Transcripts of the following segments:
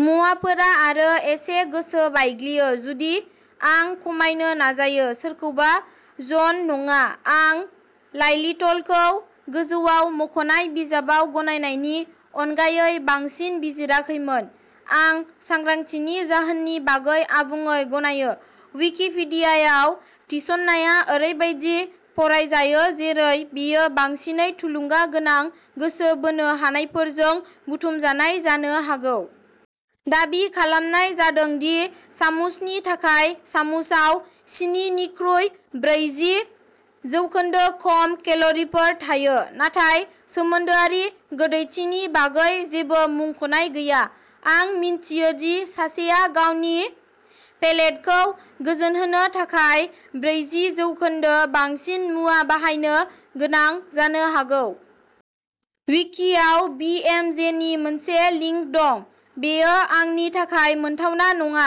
मुवाफोरा आरो एसे गोसो बायग्लियो जुदि आं खमायनो नाजायो सोरखौबा जन, नङा, आं जाइलिट'लखौ गोजौआव मख'नाय बिजाबाव गनायनायनि अनगायै बांसिन बिजिराखैमोन। आं सांग्रांथिनि जाहोननि बागै आबुङै गनायो। विकिपीडियायाव थिसननाया ओरैबायदि फरायजायो जेरै बेयो बांसिनै थुलुंगा गोनां गोसो बोनो हानायफोरजों बुथुमजानाय जानो हागौ। दाबि खालामनाय जादों दि सामुसनि थाखाय सामुसआव सिनिनिख्रुइ ब्रैजि जौखोन्दो खम केल'रिफोर थायो नाथाय सोमोन्दोआरि गोदैथिनि बागै जेबो मुंख'नाय गैया। आं मिन्थियो दि सासेआ गावनि पेलेटखौ गोजोनहोनो थाखाय ब्रैजि जौखोन्दो बांसिन मुवा बाहायनो गोनां जानो हागौ। विकिआव बि एम जे नि मोनसे लिंक दं बेयो आंनि थाखाय मोनथावना नङा।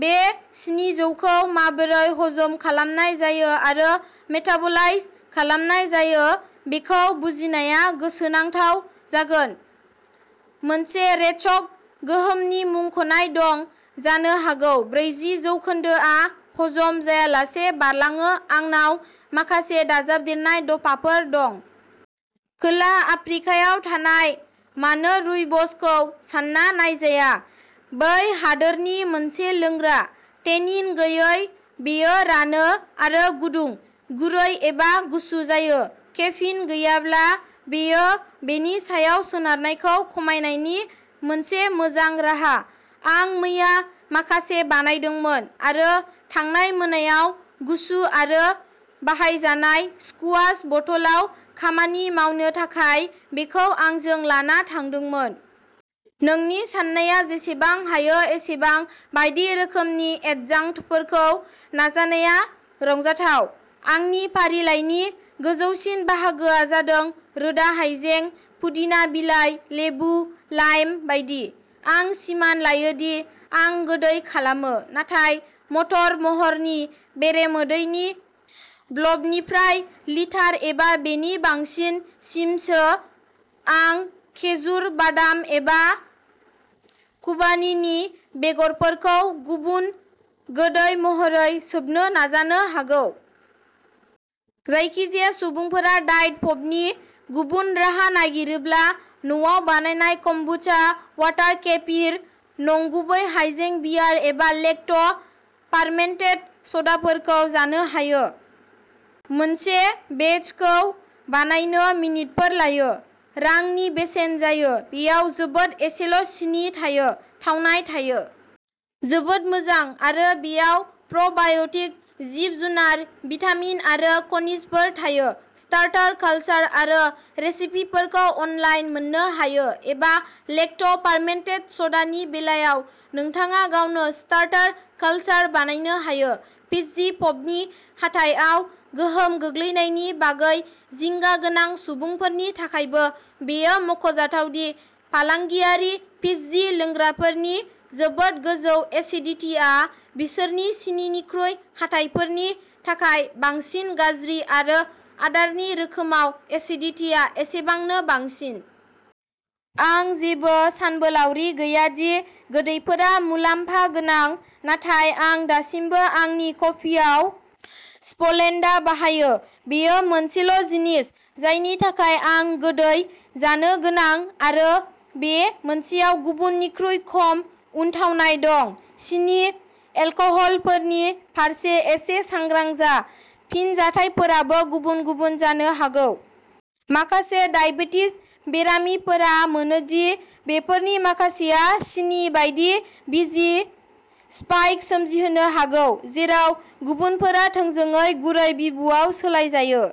बे सिनि-जौखौ माबोरै हजम खालामनाय जायो आरो मेटाबलाइज खालामनाय जायो बेखौ बुजिनाया गोसोनांथाव जागोन। मोनसे रेचक गोहोमनि मुंख'नाय दं जानो हागौ ब्रैजि जौखोन्दो आ हजम जायाजासे बारलाङो आंनाव माखासे दाजाबदेरनाय दफाफोर दं। खोला आफ्रिकायाव थानाय। मानो' रुइबस' खौ सानना नायजाया बै हादोरनि मोनसे लोंग्रा। टेनिन गैयै, बेयो रानो आरो गुदुं, गुरै एबा गुसु जायो। केफिन गैयाब्ला, बेयो बेनि सायाव सोनारनायखौ खमायनायनि मोनसे मोजां राहा। आं मैया माखासे बानायदोंमोन आरो थांनाय मोनायाव गुसु आरो बाहायजानाय स्कुवाश बथलआव खामानि मावनो थाखाय बेखौ आंजों लाना थांदोंमोन। नोंनि साननाया जेसेबां हायो एसेबां बायदि रोखोमनि एडजांक्टफोरखौ नाजानाया रंजाथाव। आंनि फारिलाइनि गोजौसिन बाहागोआ जादों रोदा हायजें, पुदिना बिलाइ, लेबु, लाइम बायदि। आं सिमान लायो दि आं गोदै खालामो नाथाय मटर महरनि बेरेमोदैनि ब्लबनिफ्राय लिटार एबा बेनि बांसिन सिमसो आं खेजुर, बादाम एबा खुबानीनि बेगरफोरखौ गुबुन गोदै महरै सोबनो नाजानो हागौ। जायखिजाया सुबुंफोरा डायेट पपनि गुबुन राहा नागिरोब्ला न'आव बानायनाय कम्बुचा, वाटार केफिर, नंगुबै हायजें बियार, एबा लेक्ट' फार्मेन्टेड स'डाफोरखौ जानो हायो। मोनसे बेचखौ बानायनो मिनिटफोर लायो, रांनि बेसेन जायो, बेयाव जोबोद एसेल' सिनि थायो, थावनाय थायो। जोबोद मोजां, आरो बेयाव प्र'बाय'टिक जिब-जुनार, भिटामिन आरो खनिजफोर थायो। स्टार्टार कालसार आरो रेसिपिफोरखौ अनलाइन मोननो हायो, एबा लेक्ट' फार्मेन्टेड स'डानि बेलायाव नोंथाङा गावनो स्टार्टार कालसार बानायनो हायो। फिज्जि पपनि हाथाइआव गोहोम गोग्लैनायनि बागै जिंगा गोनां सुबुंफोरनि थाखायबो बेयो मख'जाथाव दि फालांगियारि फिज्जि लोंग्राफोरनि जोबोद गोजौ एसिडिटीया बिसोरनि सिनिनिख्रुइ हाथाइफोरनि थाखाय बांसिन गाज्रि-आरो आदारनि रोखोमाव एसिडिटीआ एसेबांनो बांसिन। आं जेबो सानबोलावरि गैया दि गोदैफोरा मुलामफा गोनां नाथाय आं दासिमबो आंनि कफिआव स्प्लेन्डा बाहायो, बेयो मोनसेल' जिनिस जायनि थाखाय आं गोदै जानो गोनां आरो बे मोनसेयाव गुबुन निख्रुइ खम उन थावनाय दं। सिनि एलकहलफोरनि फारसे एसे सांग्रां जा, फिनजाथायफोराबो गुबुन-गुबुन जानो हागौ। माखासे दाइबेटिस बेरामिफोरा मोनो दि बेफोरनि माखासेया सिनि बायदि बिजि स्पाइक सोमजिहोनो हागौ, जेराव गुबुनफोरा थोंजोङै गुरै बिबुआव सोलायजायो।